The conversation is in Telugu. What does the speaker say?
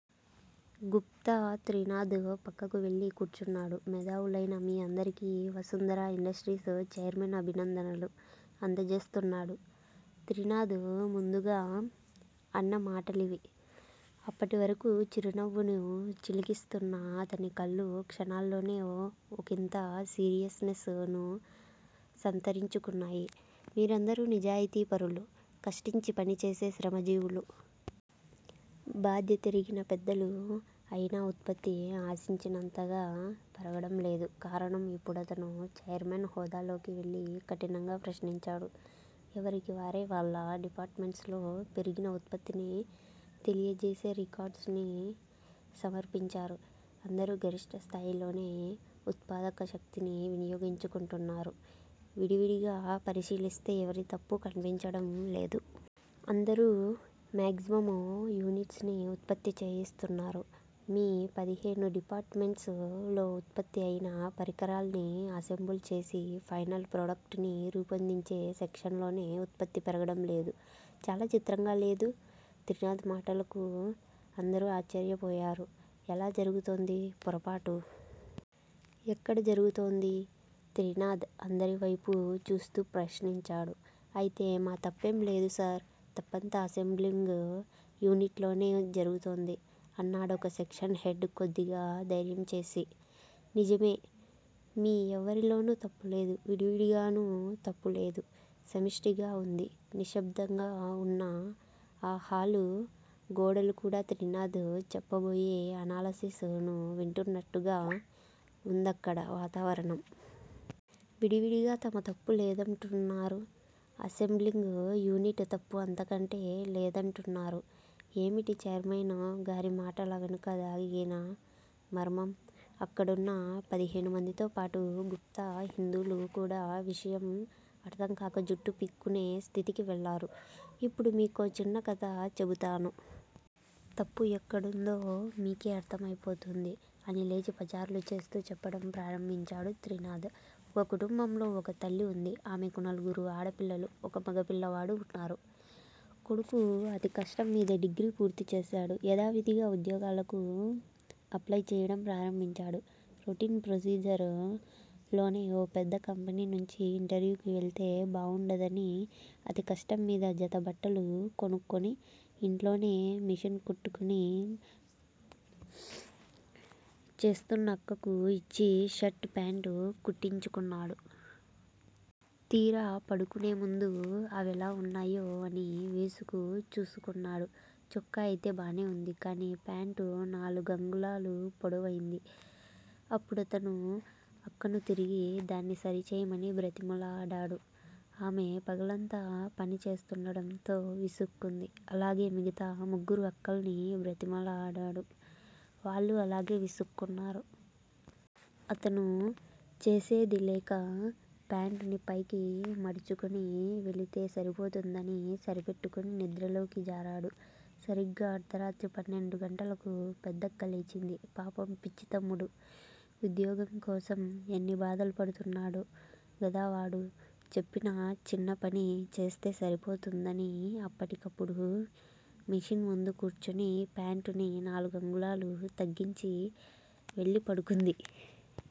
గుప్తా త్రినాధ్ పక్కకు వెళ్ళి కూర్చున్నాడు. మేధావులైన మీ అందరికీ వసుంధరా ఇండస్ట్రీస్ చైర్మెన్ అభినందనలు అందజేస్తున్నాడు త్రినాధ్ ముందుగా అన్న మాటలివి. అప్పటివరకూ చిరునవ్వును చిలికిస్తున్న అతని కళ్ళు క్షణాల్లోనే ఒకింత సీరియస్ నెస్ ను సంతరించుకున్నాయి. మీరందరూ నిజాయితీపరులు, కష్టించి పనిచేసే శ్రమజీవులు. బాధ్యతెరిగిన పెద్దలు. అయినా ఉత్పత్తి ఆశించినంతగా పెరగడం లేదు. కారణం? ఇప్పుడతను చైర్మన్ హోదాలోకి వెళ్ళి కఠినంగా ప్రశ్నించాడు. ఎవరికి వారే వాళ్ళ డిపార్టుమెంట్స్ లో పెరిగిన ఉత్పత్తిని తెలియజేసే రికార్డ్స్ ని సమర్పించారు. అందరూ గరిష్టస్థాయిలోనే ఉత్పాదక శక్తిని వినియోగించుకుంటున్నారు. విడివిడిగా పరిశీలిస్తే ఎవరి తప్పూ కనిపించడం లేదు. అందరూ మాగ్జిమమ్ యూనిట్స్ ని ఉత్పత్తి చేయిస్తున్నారు. మీ పదిహేను డిపార్ట్ మెంట్స్ లో ఉత్పత్తి అయిన పరికరాల్ని అసెంబుల్ చేసి ఫైనల్ ప్రోడక్ట్ ని రూపొందించే సెక్షన్ లోనే ఉత్పత్తి పెరగడంలేదు. చాలా చిత్రంగా లేదు? త్రినాధ్ మాటలకు అందరూ ఆశ్చర్యపోయారు. ఎలా జరుగుతోంది పొరపాటు? ఎక్కడ జరుగుతోంది? త్రినాధ్ అందరివైపూ చూస్తూ ప్రశ్నించాడు. అయితే మా తప్పేం లేదు సార్. తప్పంతా అసెంబ్లింగ్ యూనిట్ లోనే జరుగుతోంది అన్నాడొక సెక్షన్ హెడ్ కొద్దిగా ధైర్యం చేసి. నిజమే- మీ ఎవ్వరిలోనూ తప్పులేదు. విడివిడిగానూ తప్పు లేదు సమిష్టిగా వుంది నిశ్శబ్దంగా వున్న ఆ హాలు గోడలు కూడా త్రినాధ్ చెప్పబోయే అనాలసిస్ ను వింటున్నట్టుగా వుందక్కడ వాతావరణం. విడివిడిగా తమ తప్పు లేదంటున్నారు. అసెంబ్లింగ్ యూనిట్ తప్పు అంతకంటే లేదంటున్నారు. ఏమిటి చైర్మన్ గారి మాటల వెనుక దాగిన మర్మం? అక్కడున్న పదిహేనుమందితోపాటు గుప్తా, హిందూలు కూడా విషయం అర్ధం కాక జుట్టు పీక్కునే స్థితికి వెళ్ళారు. ఇప్పుడు మీకో చిన్న కథ చెబుతాను. తప్పు ఎక్కడుందో మీకే అర్ధమయిపోతుంది అని లేచి పచార్లు చేస్తూ చెప్పడం ప్రారంభించాడు త్రినాధ్. ఒక కుటుంబంలో ఒక తల్లి వుంది. ఆమెకు నలుగురు ఆడపిల్లలు, ఒక మగపిల్లవాడు వున్నారు. కొడుకు అతికష్టంమీద డిగ్రీ పూర్తిచేశాడు. యధావిధిగా ఉద్యోగాలకు అప్లై చేయడం ప్రారంభించాడు. రొటీన్ ప్రొసీజర్ లోనే ఓ పెద్ద కంపెనీ నుంచి ఇంటర్వ్యూకి వెళ్తే బావుండదని అతికష్టంమీద జత బట్టలు కొనుక్కుని, ఇంట్లోనే మెషిన్ కుట్టుకుని చేస్తున్న అక్కకు ఇచ్చి షర్ట్, పాయింట్ కుట్టించుకున్నాడు. తీరా పడుకునేముందు అవెలా వున్నాయో అని వేసుకు చూసుకున్నాడు. చొక్కా అయితే బానే వుంది. కాని, పాంట్ నాలుగంగుళాలు పొడవైంది. అప్పుడతను అక్కను తిరిగి దాన్ని సరిచేయమని బ్రతిమిలాడాడు. ఆమె పగలంతా పని చేస్తుండడంతో విసుక్కుంది. అలాగే మిగతా ముగ్గురు అక్కల్ని బ్రతిమిలాడాడు. వాళ్ళూ అలాగే విసుక్కున్నారు. అతను చేసేదిలేక పాంట్ ని పైకి మడుచుకుని వెళితే సరిపోతుందని సరిపెట్టుకుని నిద్రలోకి జారాడు. సరీగ్గా అర్దరాత్రి పన్నెండు గంటలకు పెద్దక్క లేచింది. పాపం! పిచ్చి తమ్ముడు, ఉద్యోగం కోసం ఎన్ని బాధలు పడుతున్నాడో గదా వాడు చెప్పిన చిన్న పని చేస్తే సరిపోతుందని అప్పటికప్పుడు మెషిన్ ముందు కూర్చుని పాంట్ ని నాలుగంగుళాలు తగ్గించి వెళ్ళి పడుకుంది.